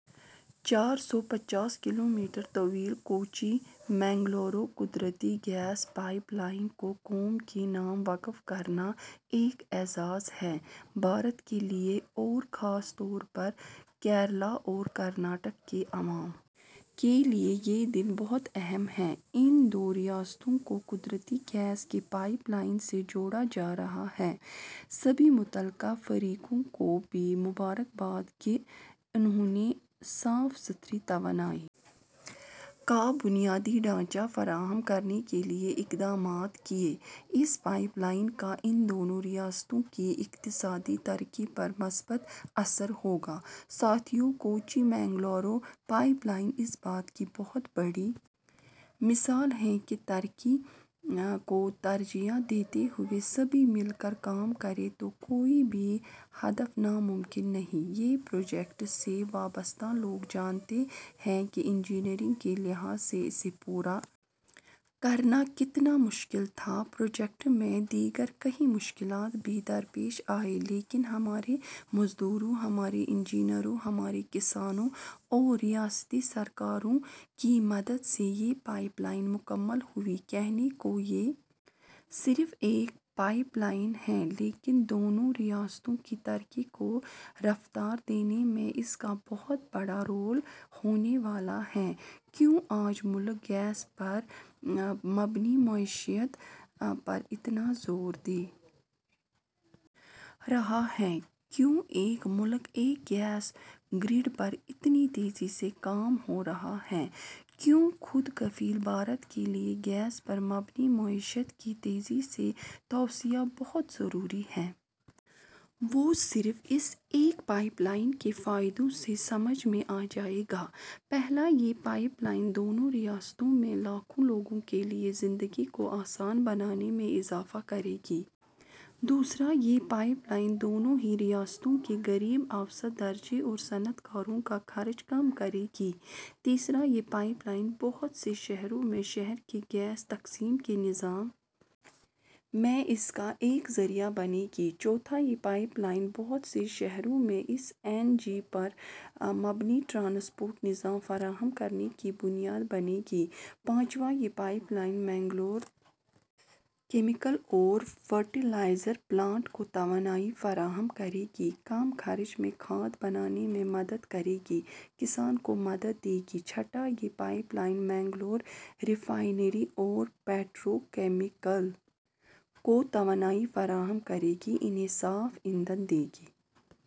چار سو پچاس کلو میٹر طویل کوچی مینگلورو قدرتی گیس پائپ لائن کو قوم کے نام وقف کرنا ایک اعزاز ہے بھارت کے لیے اور خاص طور پر کیرلہ اور کرناٹک کے عوام کے لیے یہ دن بہت اہم ہے ان دو ریاستوں کو قدرتی گیس کے پائپ لائن سے جوڑا جا رہا ہے سبھی متعلقہ فریقوں کو بھی مبارکباد کہ انہوں نے صاف ستھری توانائی کا بنیادی ڈھانچہ فراہم کرنے کے لیے اقدامات کیے اس پائپ لائن کا ان دونوں ریاستوں کی اقتصادی ترقی پر مثبت اثر ہوگا ساتھیو کوچی مینگلورو پائپ لائن اس بات کی بہت بڑی مثال ہے کہ ترقی کو ترجیح دیتے ہوئے سبھی مل کر کام کریں تو کوئی بھی ہدف ناممکن نہیں یہ پروجیکٹ سے وابستہ لوگ جانتے ہیں کہ انجینئرنگ کے لحاظ سے اسے پورا کرنا کتنا مشکل تھا پروجیکٹ میں دیگر کئی مشکلات بھی درپیش آئیں لیکن ہمارے مزدوروں ہمارے انجینئروں ہمارے کسانوں اور ریاستی سرکاروں کی مدد سے یہ پائپ لائن مکمل ہوئی کہنے کو یہ صرف ایک پائپ لائن ہے لیکن دونوں ریاستوں کی ترقی کو رفتار دینے میں اس کا بہت بڑا رول ہونے والا ہے کیوں آج ملک گیس پر مبنی معیشت پر اتنا زور دے رہا ہے کیوں ایک ملک ایک گیس گرڈ پر اتنی تیزی سے کام ہو رہا ہے کیوں خود کفیل بھارت کے لیے گیس پر مبنی معیشت کی تیزی سے توسیع بہت ضروری ہے وہ صرف اس ایک پائپ لائن کے فائدوں سے سمجھ میں آ جائے گا پہلا یہ پائپ لائن دونوں ریاستوں میں لاکھوں لوگوں کے لیے زندگی کو آسان بنانے میں اضافہ کرے گی دوسرا یہ پائپ لائن دونوں ہی ریاستوں کے غریب اوسط درجے اور صنعت کاروں کا خرچ کم کرے گی تیسرا یہ پائپ لائن بہت سے شہروں میں شہر کے گیس تقسیم کے نظام میں اس کا ایک ذریعہ بنے گی چوتھا یہ پائپ لائن بہت سے شہروں میں سی این جی پر مبنی ٹرانسپورٹ نظام فراہم کرنے کی بنیاد بنے گی پانچواں یہ پائپ لائن مینگلور کیمیکل اور فرٹی لائزر پلانٹ کو توانائی فراہم کرے گی کم خرچ میں کھاد بنانے میں مدد کرے گی کسان کو مدد دے گی چھٹا یہ پائپ لائن مینگلور ریفائنری اور پیٹرو کیمیکل کو توانائی فراہم کرے گی انہیں صاف ایندھن دے گی